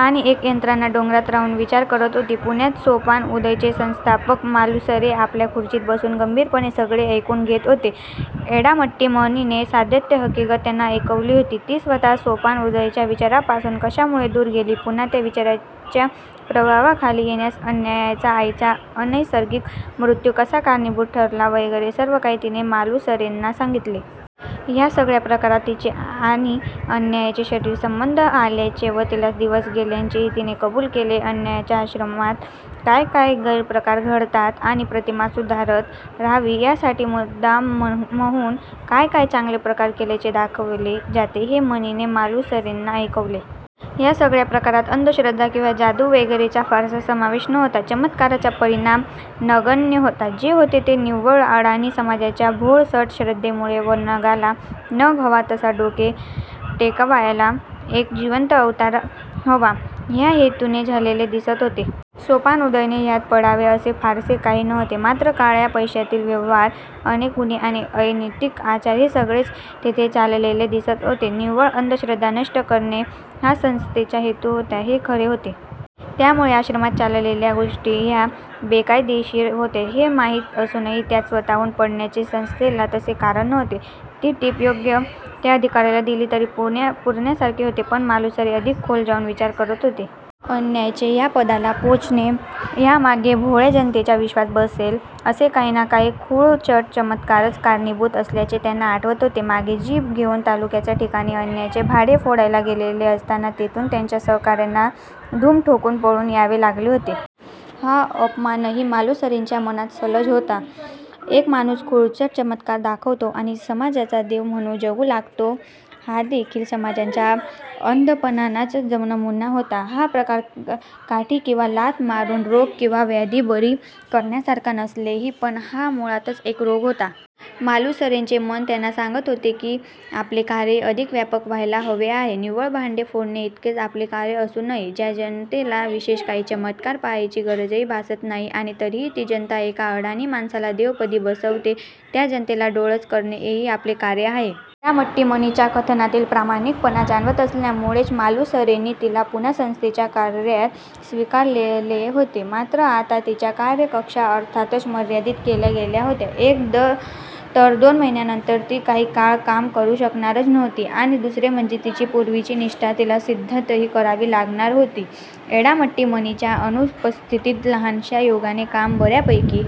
आणि एक यंत्रणा डोंगरात राहून विचार करत होती. पुण्यात सोपान उदयचे संस्थापक मालुसरे आपल्या खुर्चीत बसून गंभीरपणे सगळे ऐकून घेत होते. एडामट्टी मणीने साद्यंत हकीकत त्यांना ऐकवली होती. ती स्वतः सोपान उदयच्या विचारांपासून कशामुळे दूर गेली, पुन्हा त्या विचारांच्या प्रभावाखाली येण्यास अन्याच्या आईचा अनैसर्गिक मृत्यू कसा कारणीभूत ठरला वगैरे सर्व काही तिने मालुसरेंना सांगितले. ह्या सगळ्या प्रकारात तिचे आणि अन्याचे शरीरसंबंध आल्याचे व तिला दिवस गेल्याचेही तिने कबूल केले. अन्याच्या आश्रमात काय काय गैरप्रकार घडतात आणि प्रतिमा सुधारत राहावी ह्यासाठी मुद्दामहून काय काय चांगले प्रकार केल्याचे दाखवले जाते हे मणीने मालुसरेंना ऐकवले. ह्या सगळ्या प्रकारात अंधश्रद्धा किंवा जादू वगैरेचा फारसा समावेश नव्हता. चमत्कारांचा परिणाम नगण्य होता. जे होते ते निव्वळ अडाणी समाजाच्या भोळसट श्रद्धेमुळे व नगाला नग हवा तसा डोके टेकायला एक जिवंत अवतार हवा ह्या हेतूने झालेले दिसत होते. सोपान उदयने ह्यात पडावे असे फारसे काही नव्हते. मात्र काळ्या पैश्यातील व्यवहार, अनेक गुन्हे आणि अनैतिक आचार हे सगळेच तेथे चाललेले दिसत होते. निव्वळ अंधश्रद्धा नष्ट करणे हा संस्थेचा हेतू होता हे खरे होते. त्यामुळे आश्रमात चाललेल्या गोष्टी ह्या बेकायदेशीर होत्या हे माहीत असूनही त्यात स्वतःहून पडण्याचे संस्थेला तसे कारण नव्हते. ती टीप योग्य त्या अधिकाऱ्याला दिली तरी पुरण्यासारखे होते. पण मालुसरे अधिक खोल जाऊन विचार करत होते. अन्याचे ह्या पदाला पोचणे ह्यामागे भोळ्या जनतेचा विश्वास बसेल असे काही ना काही खुळचट चमत्कारच कारणीभूत असल्याचे त्यांना आठवत होते. मागे जीप घेऊन तालुक्याच्या ठिकाणी अन्याचे भांडे फोडायला गेलेले असताना तेथून त्यांच्या सहकाऱ्यांना धूम ठोकून पळून यावे लागले होते. हा अपमानही मालुसरेंच्या मनात सलत होताच. एक माणूस खुळचट चमत्कार दाखवतो आणि समाजाचा देव म्हणून जगू लागतो हादेखील समाजाच्या अंधपणाचाच नमुना होता. हा प्रकार काठी किंवा लाथ मारून रोग किंवा व्याधी बरी करण्यासारखा नसेलही, पण हा मुळातच एक रोग होता. मालुसरेंचे मन त्यांना सांगत होते की आपले कार्यही अधिक व्यापक व्हायला हवे आहे. निव्वळ भांडे फोडणे इतकेच आपले कार्य असू नये. ज्या जनतेला विशेष काही चमत्कार पाहायची गरजही भासत नाही आणि तरीही ती जनता एका अडाणी माणसाला देवपदी बसवते त्या जनतेला डोळस करणे हेही आपले कार्य आहे. एडामट्टी मणीच्या कथनातील प्रामाणिकपणा जाणवत असल्यामुळेच मालुसरेंनी तिला पुन्हा संस्थेच्या कार्यात स्वीकारलेले होते. मात्र आता तिच्या कार्यकक्षा अर्थातच मर्यादित केल्या गेल्या होत्या. एक तर दोन महिन्यांनंतर ती काही काळ काम करू शकणारच नव्हती आणि दुसरे म्हणजे तिची पूर्वीची निष्ठा तिला सिद्धही करावी लागणार होती. एडामट्टी मणीच्या अनुपस्थितीत लहानश्या युगीने काम बऱ्यापैकी